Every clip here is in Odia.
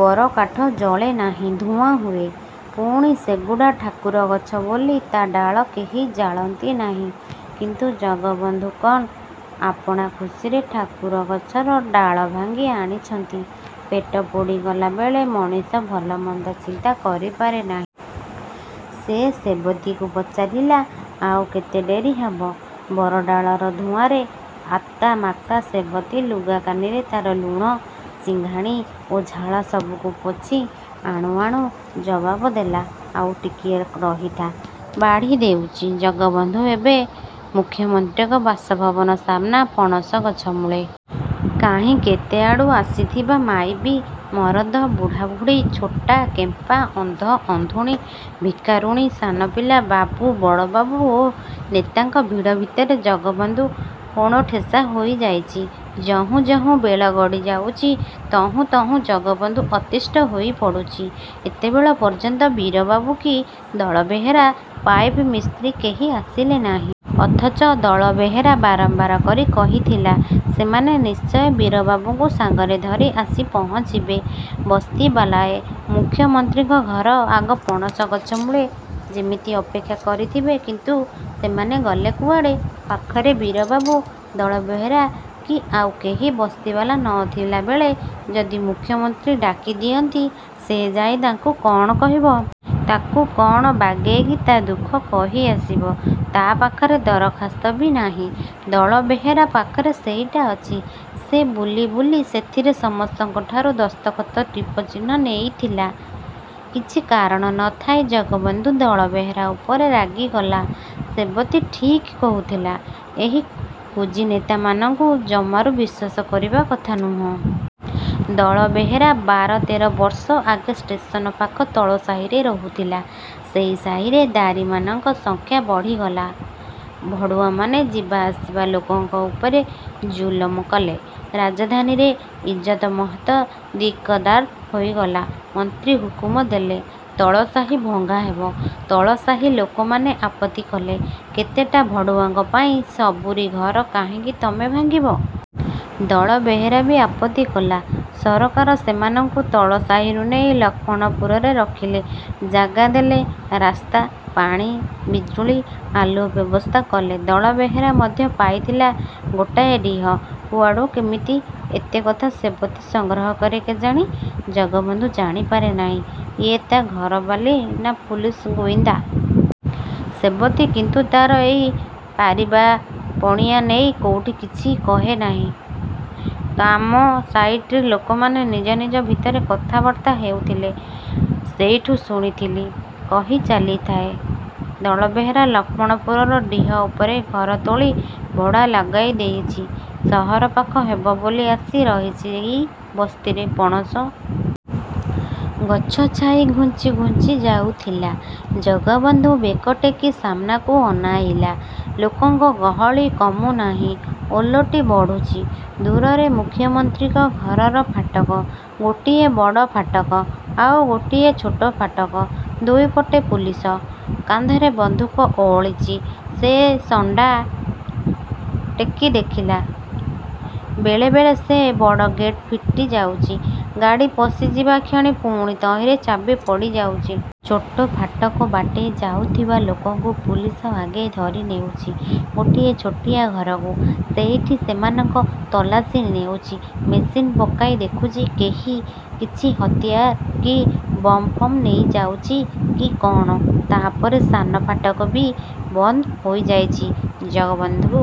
ବରକାଠ ଜଳେ ନାହିଁ, ଧୂଆଁ ହୁଏ। ପୁଣି ସେଗୁଡ଼ା ଠାକୁର ଗଛ ବୋଲି ତା' ଡାଳ କେହି ଜାଳନ୍ତି ନାହିଁ। କିନ୍ତୁ ଜଗବନ୍ଧୁ କଣ? ଆପଣା ଖୁସିରେ ଠାକୁର ଗଛର ଡାଳ ଭାଙ୍ଗି ଆଣିଛନ୍ତି! ପେଟ ପୋଡ଼ିଗଲା ବେଳେ ମଣିଷ ଭଲମନ୍ଦ ଚିନ୍ତା କରିପାରେ ନାହିଁ। ସେ ସେବତୀକୁ ପଚାରିଲା, "ଆଉ କେତେ ଡେରି ହେବ?"ବରଡାଳର ଧୂଆଁରେ ଆକ୍ତାମାକ୍ତା ସେବତୀ ଲୁଗାକାନିରେ ତା'ର ଲୁହ, ସିଂଘାଣି ଓ ଝାଳ ସବୁକୁ ପୋଛି ଆଣୁ ଆଣୁ ଜବାବ ଦେଲା, "ଆଉ ଟିକିଏ ରହିଥା, ବାଢ଼ି ଦେଉଛି।"ଜଗବନ୍ଧୁ ଏବେ ମୁଖ୍ୟମନ୍ତ୍ରୀଙ୍କ ବାସଭବନ ସାମ୍ନା ପଣସ ଗଛମୂଳେ। କାହିଁ କେତେଆଡ଼ୁ ଆସିଥିବା ମାଇପି, ମରଦ, ବୁଢ଼ାବୁଢ଼ୀ, ଛୋଟା, କେମ୍ପା, ଅନ୍ଧ, ଅନ୍ଧୁଣୀ, ଭିକାରୁଣୀ, ସାନପିଲା, ବାବୁ, ବଡ଼ବାବୁ ଓ ନେତାଙ୍କ ଭିଡ଼ ଭିତରେ ଜଗବନ୍ଧୁ କୋଣଠେସା ହୋଇଯାଇଛି। ଯହୁଁ ଯହୁଁ ବେଳ ଗଡ଼ି ଯାଉଛି, ତହୁଁ ତହୁଁ ଜଗବନ୍ଧୁ ଅତିଷ୍ଠ ହୋଇପଡ଼ୁଛି। ଏତେବେଳ ପର୍ଯ୍ୟନ୍ତ ବୀରବାବୁ କି ଦଳବେହେରା ପାଇପ୍ ମିସ୍ତ୍ରୀ କେହି ଆସିଲେ ନାହିଁ। ଅଥଚ ଦଳବେହେରା ବାରମ୍ବାର କରି କହିଥିଲା, ସେମାନେ ନିଶ୍ଚୟ ବୀରବାବୁଙ୍କୁ ସାଙ୍ଗରେ ଧରି ଆସି ପହଞ୍ଚିବେ। ବସ୍ତିବାଲାଏ ମୁଖ୍ୟମନ୍ତ୍ରୀଙ୍କ ଘର ଆଗ ପଣସ ଗଛମୂଳେ ଯେମିତି ଅପେକ୍ଷା କରିଥିବେ କିନ୍ତୁ ସେମାନେ ଗଲେ କୁଆଡ଼େ? ପାଖରେ ବୀରବାବୁ, ଦଳବେହେରା କି ଆଉ କେହି ବସ୍ତିବାଲା ନଥିଲାବେଳେ ଯଦି ମୁଖ୍ୟମନ୍ତ୍ରୀ ଡାକିଦିଅନ୍ତି, ସେ ଯାଇ ତାଙ୍କୁ କ'ଣ କହିବ? ତାକୁ କ'ଣ ବାଗେଇକି ତା' ଦୁଃଖ କହି ଆସିବ? ତା' ପାଖରେ ଦରଖାସ୍ତ ବି ନାହିଁ। ଦଳବେହେରା ପାଖରେ ସେଇଟା ଅଛି। ସେ ବୁଲି ବୁଲି ସେଥିରେ ସମସ୍ତଙ୍କଠାରୁ ଦସ୍ତଖତ, ଟିପଚିହ୍ନ ନେଇଥିଲା। କିଛି କାରଣ ନଥାଇ ଜଗବନ୍ଧୁ ଦଳବେହେରା ଉପରେ ରାଗିଗଲା। ସେବତୀ ଠିକ୍ କହୁଥିଲା, ଏଇ କୁଜିନେତାମାନଙ୍କୁ ଜମାରୁ ବିଶ୍ୱାସ କରିବା କଥା ନୁହେଁ। ଦଳବେହେରା ବାର-ତେର ବର୍ଷ ଆଗେ ଷ୍ଟେସନ୍ ପାଖ ତଳସାହିରେ ରହୁଥିଲା। ସେଇ ସାହିରେ ଦାରୀମାନଙ୍କ ସଂଖ୍ୟା ବଢ଼ିଗଲା। ଭଡ଼ୁଆମାନେ ଯିବାଆସିବା ଲୋକଙ୍କ ଉପରେ ଜୁଲୁମ କଲେ। ରାଜଧାନୀର ଇଜ୍ଜତ ମହତ ଦିକଡ଼ାର ହୋଇଗଲା। ମନ୍ତ୍ରୀ ହୁକୁମ ଦେଲେ, ତଳସାହି ଭଙ୍ଗା ହେବ। ତଳସାହି ଲୋକମାନେ ଆପତ୍ତି କଲେ, କେତେଟା ଭଡ଼ୁଆଙ୍କ ପାଇଁ ସବୁରି ଘର କାହିଁକି ତମେ ଭାଙ୍ଗିବ? ଦଳବେହେରା ବି ଆପତ୍ତି କଲା। ସରକାର ସେମାନଙ୍କୁ ତଳସାହିରୁ ନେଇ ଲକ୍ଷ୍ମଣପୁରରେ ରଖିଲେ। ଜାଗା ଦେଲେ, ରାସ୍ତା, ପାଣି, ବିଜୁଳି ଆଲୁଅ ବ୍ୟବସ୍ଥା କଲେ। ଦଳବେହେରା ମଧ୍ୟ ପାଇଥିଲା ଗୋଟାଏ ଡିହ। କୁଆଡ଼ୁ କେମିତି ଏତେକଥା ସେବତୀ ସଂଗ୍ରହ କରେ କେଜାଣି! ଜଗବନ୍ଧୁ ଜାଣିପାରେ ନାହିଁ। ଇଏ ତା' ଘରବାଲୀ ନା ପୁଲିସ ଗୁଇନ୍ଦା? ସେବତୀ କିନ୍ତୁ ତା'ର ଏଇ ପାରିବାପଣିଆ ନେଇ କୋଉଠି କିଛି କହେ ନାହିଁ। "କାମ ସାଇଟ୍‌ରେ ଲୋକମାନେ ନିଜ ନିଜ ଭିତରେ କଥାବାର୍ତ୍ତା ହେଉଥିଲେ, ସେଇଠୁ ଶୁଣିଥିଲି" କହି ଚାଲିଥାଏ। ଦଳବେହେରା ଲକ୍ଷ୍ମଣପୁରର ଡିହ ଉପରେ ଘର ତୋଳି ଭଡ଼ା ଲଗାଇଦେଇଛି। ସହର ପାଖ ହେବ ବୋଲି ଆସି ରହିଛି ଏଇ ବସ୍ତିରେ। ପଣସ ଗଛ ଛାଇ ଘୁଞ୍ଚି ଘୁଞ୍ଚି ଯାଉଥିଲା। ଜଗବନ୍ଧୁ ବେକ ଟେକି ସାମ୍ନାକୁ ଅନାଇଲା। ଲୋକଙ୍କ ଗହଳି କମୁନାହିଁ, ଓଲଟି ବଢ଼ୁଛି। ଦୂରରେ ମୁଖ୍ୟମନ୍ତ୍ରୀଙ୍କ ଘରର ଫାଟକ। ଗୋଟିଏ ବଡ଼ ଫାଟକ, ଆଉ ଗୋଟିଏ ଛୋଟ ଫାଟକ। ଦୁଇପଟେ ପୁଲିସ, କାନ୍ଧରେ ବନ୍ଧୁକ ଓହଳିଛି। ସେ ଶଣ୍ଢା ଟେକି ଦେଖିଲା, ବେଳେ ବେଳେ ସେ ବଡ଼ ଗେଟ୍ ଫିଟିଯାଉଛି; ଗାଡ଼ି ପଶିଯିବା କ୍ଷଣି ପୁଣି ତହିଁରେ ଚାବି ପଡ଼ିଯାଉଛି। ଛୋଟ ଫାଟକ ବାଟେ ଯାଉଥିବା ଲୋକଙ୍କୁ ପୁଲିସ ଆଗେ ଧରିନେଉଛି ଗୋଟିଏ ଛୋଟିଆ ଘରକୁ। ସେଇଠି ସେମାନଙ୍କ ତଲାସି ନେଉଛି। ମେସିନ୍ ପକାଇ ଦେଖୁଛି, କେହି କିଛି ହତିଆର କି ବମ୍-ଫମ୍ ନେଇ ଯାଉଛି କି କ'ଣ! ତା'ପରେ ସାନ ଫାଟକ ବି ବନ୍ଦ ହୋଇଯାଉଛି। ଜଗବନ୍ଧୁ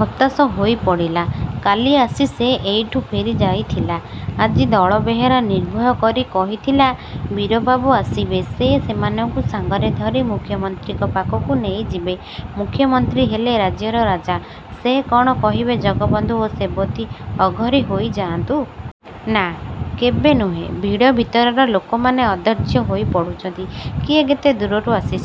ହତାଶ ହୋଇପଡ଼ିଲା। କାଲି ଆସି ସେ ଏଇଠୁ ଫେରିଯାଇଥିଲା। ଆଜି ଦଳବେହେରା ନିର୍ଭୟ କରି କହିଥିଲା, ବୀରବାବୁ ଆସିବେ; ସେ ସେମାନଙ୍କୁ ସାଙ୍ଗରେ ଧରି ମୁଖ୍ୟମନ୍ତ୍ରୀଙ୍କ ପାଖକୁ ନେଇଯିବେ। ମୁଖ୍ୟମନ୍ତ୍ରୀ ହେଲେ ରାଜ୍ୟର ରାଜା। ସେ କ'ଣ କହିବେ ଜଗବନ୍ଧୁ ଓ ସେବତୀ ଅଘରୀ ହୋଇଯାଆନ୍ତୁ? ନା, କେବେ ନୁହେଁ। ଭିଡ଼ ଭିତରର ଲୋକମାନେ ଅଧୈର୍ଯ୍ୟ ହୋଇପଡ଼ୁଛନ୍ତି। କିଏ କେତେ ଦୂରରୁ ଆସିଛି।